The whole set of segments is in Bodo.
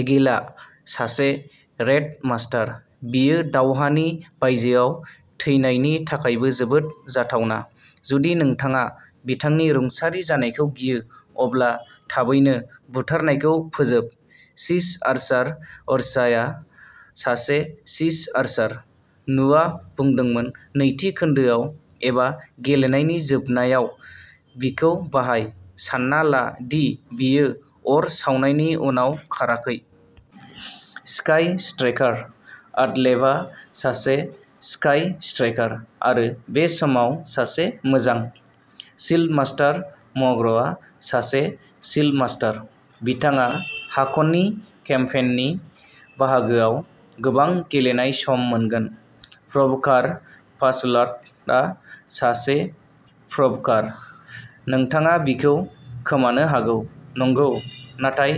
एगिलआ सासे रेइड मास्टार। बियो दावहानि बायजोआव थैनायनि थाखायबो जोबोद जाथावना। जुदि नोंथाङा बिथांनि रुंसारि जानायखौ गियो, अब्ला थाबैनो बुथारनायखौ फोजोब। सीज आर्चार-यर्साआ सासे सीज आर्चार। नुवा बुंदोंमोन नैथि खोन्दोआव एबा गेलेनायनि जोबनायाव बिखौ बाहाय, सान्ना ला दि बियो अर सावनायनि उनाव खाराखै। स्काई स्ट्राइकार-अडलेफआ सासे स्काई स्ट्राइकार, आरो बे समाव सासे मोजां। शील्डमास्टार-मग्रआ सासे शील्डमास्टार। बिथाङा हाकननि केम्पेइननि बाहागोआव गोबां गेलेनाय सम मोनगोन। प्र'भकार-फास'ल्टआ सासे प्र'भकार। नोंथाङा बिखौ खोमानो हागौ नंगौ, नाथाय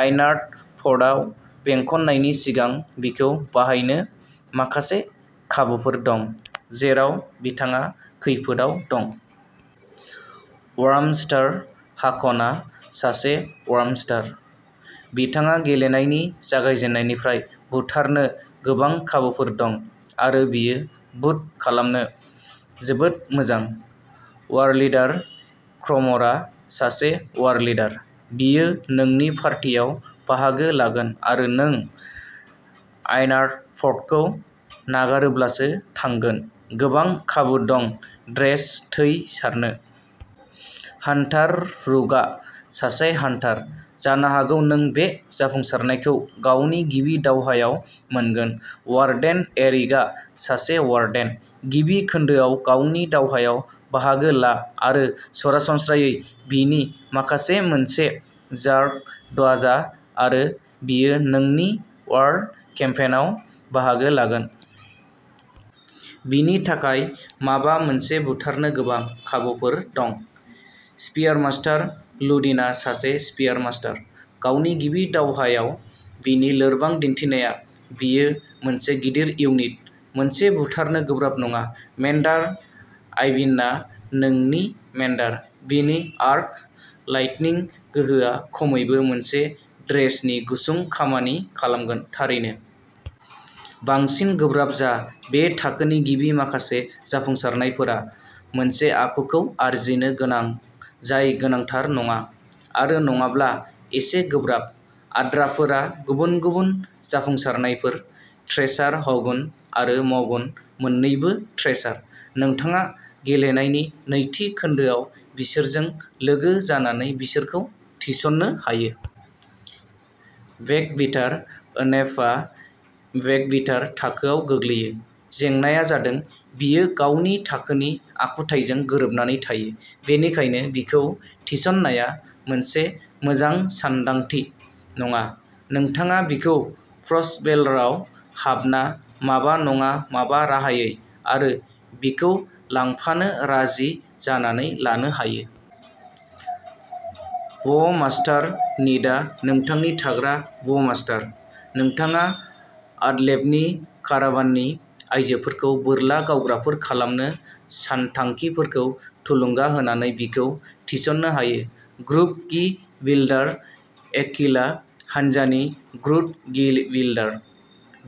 आइनार्ट'फ्टआव बेंखननायनि सिगां बिखौ बाहायनो माखासे खाबुफोर दं, जेराव बिथाङा खैफोदआव दं। वार्मास्टार-हाक'नआ सासे वार्मास्टार। बिथाङा गेलेनायनि जागायजेन्नायनिफ्राय बुथारनो गोबां खाबुफोर दं, आरो बियो बुट खालामनो जोबोद मोजां। वारलिडार-क्रमरआ सासे वारलिडार। बियो नोंनि पार्टियाव बाहागो लागोन आरो नों आइनार्टफ्टखौ नागारोब्लासो थांगोन। गोबां खाबु दं ड्रेज थै सारनो। हान्टार-रुकआ सासे हान्टार। जानो हागौ नों बे जाफुंसारनायखौ गावनि गिबि दावहायाव मोनगोन। वार्डेन-एरिकआ सासे वार्डेन। गिबि खोन्दोआव गावनि दावहायाव बाहागो ला आरो सरासनस्रायै बिनि थाखाय मोनसे जार्क दाजा आरो बियो नोंनि वार्ल केम्पेइनआव बाहागो लागोन। बिनि थाखाय माबा मोनसे बुथारनो गोबां खाबुफोर दं। स्पियारमास्टार-लुडिनआ सासे स्पियारमास्टार। गावनि गिबि दावहायाव बिनि लोरबां दिन्थिनाया, बियो मोनसे गिदिर इउनिट। मोनसे बुथारनो गोब्राब नङा। मेन्डार-आइविन्डआ नोंनि मेन्डार। बिनि आर्क लाइटनिं गोहोआ खमैबो मोनसे ड्रेजनि गुसुं खामानि खालामगोन, थारैनो। बांसिन गोब्राब जा। बे थाखोनि गिबि माखासे जाफुंसारनायफोरा मोनसे आखुखौ आरजिनो गोनां, जाय गोनांथार नङा, आरो नङाब्ला एसे गोब्राब। आद्राफोरा गुबुन गुबुन जाफुंसारनायफोर। थ्रेसार-हगुन आरो मगुन मोननैबो थ्रेसार। नोंथाङा गेलेनायनि नैथि खोन्दोआव बिसोरजों लोगो जानानै बिसोरखौ थिसननो हायो। बेकबिटार-ओनेफआ बेकबिटार थाखोआव गोग्लैयो। जेंनाआ जादों, बियो गावनि थाखोनि आखुथाइजों गोरोबनानै थायो, बेनिखायनो बिखौ थिसननाया मोनसे मोजां सानदांथि नङा। नोंथाङा बिखौ फ्रस्टभेलराव हाबना, माबा नङा माबा राहायै, आरो बिखौ लांफानो राजि जानानै लानो हायो। ब'मास्टार-निडआ नोंथांनि थाग्रा ब'मास्टार। नोंथाङा अडलेफनि काराभाननि आयजोफोरखौ बोरला गावग्राफोर खालामनो सानथांखिफोरखौ थुलुंगा होनानै बिखौ थिसननो हायो। ग्रुडगिविल्डार-एककिलआ हानजानि ग्रुडगिविल्डार।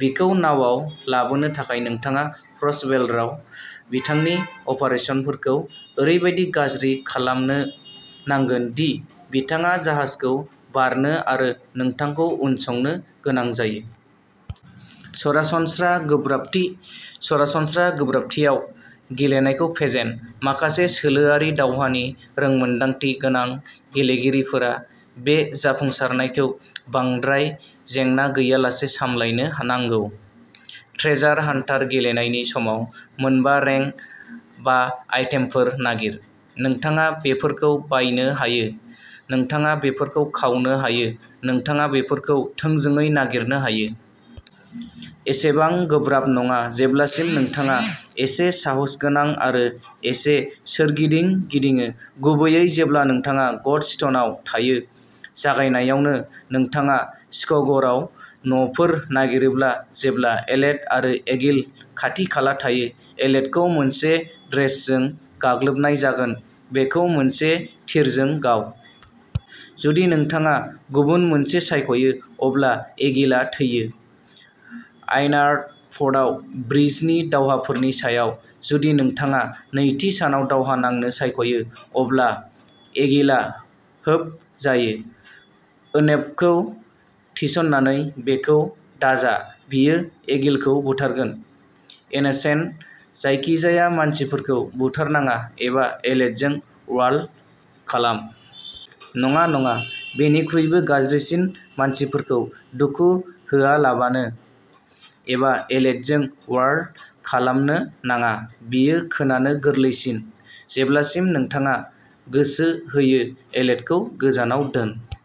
बिखौ नावआव लाबोनो थाखाय नोंथाङा फ्रस्टभेलराव बिथांनि अपारेसनफोरखौ ओरैबायदि गाज्रि खालामनो नांगोन दि बिथाङा जाहाजखौ बारनो आरो नोंथांखौ उनसंनो गोनां जायो। सरासनस्रा गोब्राबथि-सरासनस्रा गोब्राबथियाव गेलेनायखौ फेजेन। माखासे सोलोआरि दावहानि रोंमोनदांथि गोनां गेलेगिरिफोरा बे जाफुंसारनायखौ बांद्राय जेंना गैयालासे सामलायनो नांगौ। ट्रेजार हान्टार-गेलेनायनि समाव मोनबा रेंक बा आइटेमफोर नागिर। नोंथाङा बेफोरखौ बायनो हायो, नोंथाङा बेफोरखौ खावनो हायो, नोंथाङा बेफोरखौ थोंजोङै नागिरनो हायो। एसेबां गोब्राब नङा जेब्लासिम नोंथाङा एसे साहसगोनां आरो एसे सोरगिदिं गिदिङो, गुबैयै जेब्ला नोंथाङा गडस्टोनआव थायो। जागायनायावनो। नोंथाङा स्क'गरआव न'फोर नागिरोब्ला जेब्ला एलेट आरो एगिल खाथि-खाला थायो, एलेटखौ मोनसे ड्रेजजों गाग्लोबनाय जागोन। बेखौ मोनसे थिरजों गाव। जुदि नोंथाङा गुबुन मोनसे सायख'यो, अब्ला एगिलआ थैयो। आइनार्टफ्टआव ब्रिजनि दावहाफोरनि समाव। जुदि नोंथाङा नैथि सानाव दावहा नांनो सायख'यो, अब्ला एगिलआ होफ जायो। ओनेफखौ थिसननानै। बेखौ दाजा बियो एगिलखौ बुथारगोन। इनोसेन्ट-जायखिजाया मानसिफोरखौ बुथारनाङा एबा एलेटजों वार्ल खालाम। नङा, नङा, बेनिख्रुइबो गाज्रिसिन-मानसिफोरखौ दुखु होआलाबानो एबा एलेटजों वार्ल खालामनो नाङा। बेयो खोनानो गोरलैसिन, जेब्लासिम नोंथाङा गोसो होयो एलेटखौ गोजानाव दोन।